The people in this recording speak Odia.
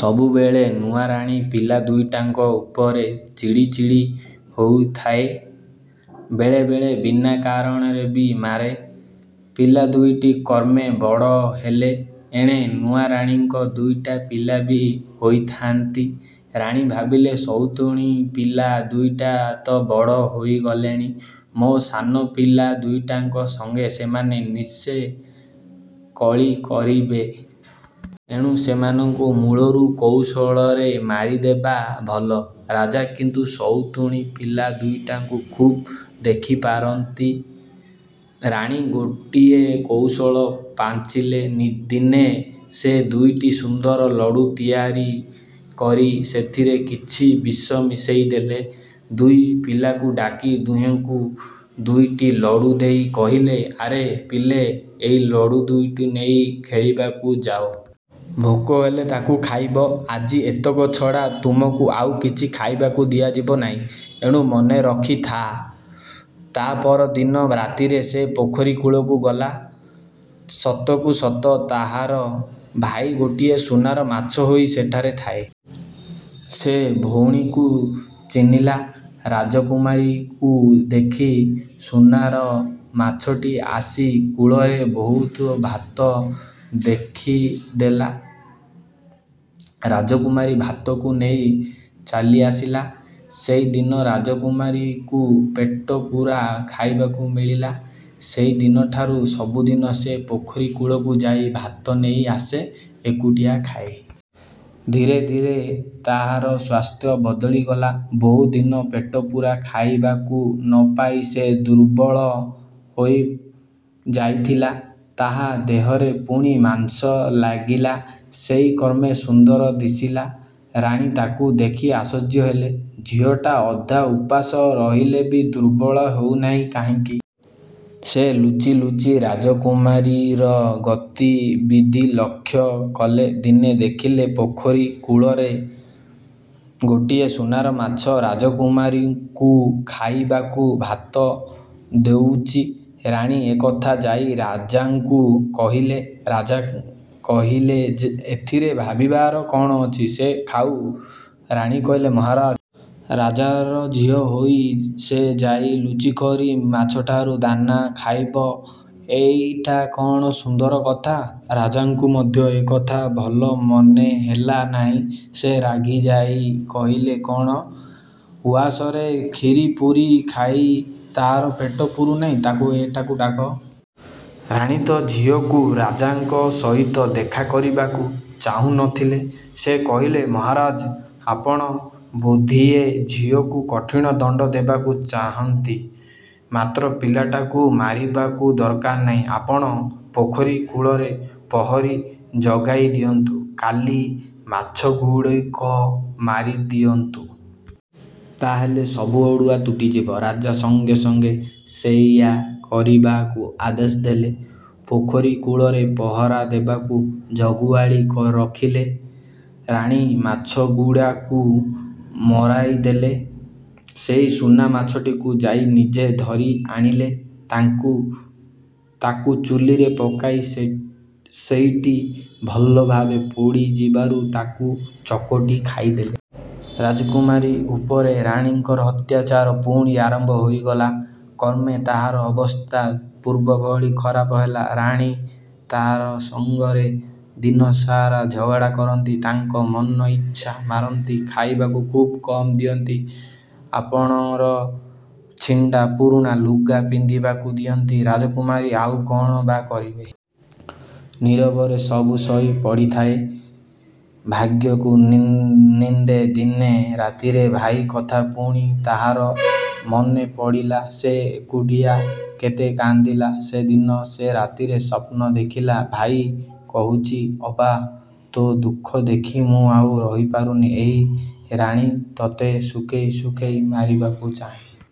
ସବୁବେଳେ ନୂଆରାଣୀ ପିଲା ଦୁଇଟାଙ୍କ ଉପରେ ଚିଡ଼ି ଚିଡ଼ି ହେଉଥାଏ, ବେଳେବେଳେ ବିନା କାରଣରେ ବି ମାରେ। ପିଲା ଦୁଇଟି କ୍ରମେ ବଡ଼ ହେଲେ। ଏଣେ ନୂଆ ରାଣୀଙ୍କର ଦୁଇଟି ପିଲା ବି ହୋଇଥାନ୍ତି। ରାଣୀ ଭାବିଲେ, ସଉତୁଣୀ ପିଲା ଦୁଇଟା ତ ବଡ଼ ହୋଇଗଲେଣି, ମୋର ସାନ ପିଲା ଦୁଇଟାଙ୍କ ସଙ୍ଗେ ସେମାନେ ନିଶ୍ଚେ କଳି କରିବେ। ଏଣୁ ସେମାନଙ୍କୁ ମୂଳରୁ କୌଶଳରେ ମାରିଦେବା ଭଲ। ରାଜା କିନ୍ତୁ ସଉତୁଣୀ ପିଲା ଦୁଇଟାଙ୍କୁ ଖୁବ୍ ଦେଖିପାରନ୍ତି। ରାଣୀ ଗୋଟାଏ କୌଶଳ ପାଞ୍ଚିଲେ। ଦିନେ ସେ ଦୁଇଟି ସୁନ୍ଦର ଲଡ଼ୁ ତିଆରି କରି ସେଥିରେ କିଛି ବିଷ ମିଶାଇଦେଲେ। ଦୁଇ ପିଲାଙ୍କୁ ଡାକି ଦୁହିଁଙ୍କୁ ଦୁଇଟି ଲଡ଼ୁ ଦେଇ କହିଲେ, ଆରେ ପିଲେ, ଏଇ ଲଡ଼ୁ ଦୁଇଟି ନେଇ ଖେଳିବାକୁ ଯାଅ। ଭୋକ ହେଲେ ତାକୁ ଖାଇବ। ଆଜି ଏତକ ଛଡ଼ା ତୁମକୁ ଆଉ କିଛି ଖାଇବାକୁ ଦିଆଯିବ ନାହିଁ। ଏଣୁ ମନେ ରଖିଥା। ତା ପର ଦିନ ରାତିରେ ସେ ପୋଖରୀ କୂଳକୁ ଗଲା। ସତକୁ ସତ ତାହାର ଭାଇ ଗୋଟିଏ ସୁନାର ମାଛ ହୋଇ ସେଠାରେ ଥାଏ। ସେ ଭଉଣୀକୁ ଚିହ୍ନିଲା। ରାଜକୁମାରୀକୁ ଦେଖି ସୁନାର ମାଛଟି ଆସି କୂଳରେ ବୋହୁତ ଭାତ ରଖିଦେଲା। ରାଜକୁମାରୀ ଭାତକୁ ନେଇ ଚାଲିଆସିଲା। ସେଦିନ ରାଜକୁମାରୀକୁ ପେଟପୂରା ଖାଇବାକୁ ମିଳିଲା। ସେଇ ଦିନଠାରୁ ସବୁଦିନ ସେ ପୋଖରୀ କୂଳକୁ ଯାଇ ଭାତ ନେଇ ଆସେ। ଏକୁଟିଆ ଖାଏ। ଧୀରେ ଧୀରେ ତାହାର ସ୍ୱାସ୍ଥ୍ୟ ବଦଳିଗଲା। ବୋହୁ ଦିନ ପେଟପୂରା ଖାଇବାକୁ ନ ପାଇ ସେ ଦୁର୍ବଳ ହୋଇଯାଇଥିଲା। ତା ଦେହରେ ପୁଣି ମାଂସ ଲାଗିଲା। ସେ କ୍ରମେ ସୁନ୍ଦର ଦିଶିଲା। ରାଣୀ ତାକୁ ଦେଖି ଆଶ୍ଚର୍ଯ୍ୟ ହେଲେ। ଝିଅଟା ଅଧା ଉପାସ ରହିଲେ ବି ଦୁର୍ବଳ ହେଉନାହିଁ କାହିଁକି? ସେ ଲୁଚି ଲୁଚି ରାଜକୁମାରୀର ଗତିବିଧି ଲକ୍ଷ୍ୟ କଲେ। ଦିନେ ଦେଖିଲେ, ପୋଖରୀ କୂଳରେ ଗୋଟିଏ ସୁନାର ମାଛ ରାଜକୁମାରୀକୁ ଖାଇବାକୁ ଭାତ ଦେଉଛି। ରାଣୀ ଏ କଥା ଯାଇ ରାଜାଙ୍କୁ କହିଲେ। ରାଜା କହିଲେ, ଏଥିରେ ଭାବିବାର କ'ଣ ଅଛି? ସେ ଖାଉ। ରାଣୀ କହିଲେ, ମହାରାଜ! ରାଜାର ଝିଅ ହୋଇ ସେ ଯାଇ ଲୁଚିକରି ମାଛଠାରୁ ଦାନା ଖାଇବ? ଏଇଟା କ'ଣ ସୁନ୍ଦର କଥା? ରାଜାଙ୍କୁ ମଧ୍ୟ ଏ କଥା ଭଲ ମନେହେଲା ନାହିଁ। ସେ ରାଗିଯାଇ କହିଲେ, କ'ଣ ଉଆସରେ କ୍ଷୀରି ପୁରୀ ଖାଇ ତାହାର ପେଟ ପୂରୁନାହିଁ? ତାକୁ ଏଠାକୁ ଡାକ। ରାଣୀ ତ ଝିଅକୁ ରାଜାଙ୍କ ସହିତ ଦେଖା କରିବାକୁ ଚାହୁଁ ନ ଥିଲେ। ସେ କହିଲେ, ମହାରାଜ! ଆପଣ ବୋଧିଏ ଝିଅକୁ କଠିନ ଦଣ୍ଡ ଦେବାକୁ ଚାହାନ୍ତି, ମାତ୍ର ପିଲାଟାକୁ ମାରିବା ଦରକାର ନାହିଁ। ଆପଣ ପୋଖରୀ କୂଳରେ ପ୍ରହରୀ ଜଗାଇ ଦିଅନ୍ତୁ। କାଲି ମାଛଗୁଡ଼ାକ ମାରିଦିଅନ୍ତୁ। ତାହା ହେଲେ ସବୁ ଅଡ଼ୁଆ ତୁଟିଯିବ। ରାଜା ସଙ୍ଗେ ସଙ୍ଗେ ସେଇଆ କରିବାକୁ ଆଦେଶ ଦେଲେ। ପୋଖରୀ କୂଳରେ ପ୍ରହରା ଦେବାକୁ ଜଗୁଆଳି ରଖିଲଲେ। ରାଣୀ ମାଛଗୁଡ଼ାକୁ ମରାଇଦେଲେ। ସେହି ସୁନା ମାଛଟିକୁ ଯାଇ ନିଜେ ଧରି ଆଣିଲେ। ତାଙ୍କୁ ତାକୁ ଚୁଲିରେ ପକାଇ ସେଇଟି ଭଲ ଭାବରେ ପୋଡ଼ିଯିବାରୁ ତାକୁ ଚକଟି ଖାଇଦେଲେ। ରାଜକୁମାରୀ ଉପରେ ରାଣୀଙ୍କ ଅତ୍ୟାଚାର ପୁଣି ଆରମ୍ଭ ହୋଇଗଲା। କ୍ରମେ ତାହାର ଅବସ୍ଥା ପୂର୍ବଭଳି ଖରାପ ହେଲା। ରାଣୀ ତାହର ସଙ୍ଗରେ ଦିନସାରା ଝଗଡ଼ା କରନ୍ତି। ତାକୁ ମନଇଚ୍ଛା ମାରନ୍ତି। ଖାଇବାକୁ ଖୁବ୍ କମ୍ ଦିଅନ୍ତି। ଆପଣର ଛିଣ୍ଡା ପୁରୁଣା ଲୁଗା ପିନ୍ଧିବାକୁ ଦିଅନ୍ତି। ରାଜକୁମାରୀ ଆଉ କ'ଣ ବା କରିବ? ନୀରବରେ ସବୁ ସହି ପଡ଼ିଥାଏ। ଭାଗ୍ୟକୁ ନିନ୍ଦେ। ଦିନେ ରାତିରେ ଭାଇ କଥା ପୁଣି ତାହାର ମନେପଡ଼ିଲା। ସେ ଏକୁଟିଆ କେତେ କାନ୍ଦିଲା। ସେଦିନ ସେ ରାତିରେ ସ୍ୱପ୍ନ ଦେଖିଲା। ଭାଇ କହୁଛି, ଅପା, ତୋ ଦୁଃଖ ଦେଖି ମୁଁ ଆଉ ରହିପାରୁନି। ଏହି ରାଣୀ ତୋତେ ଶୁଖେଇ ଶୁଖେଇ ମାରିବାକୁ ଚାହେଁ।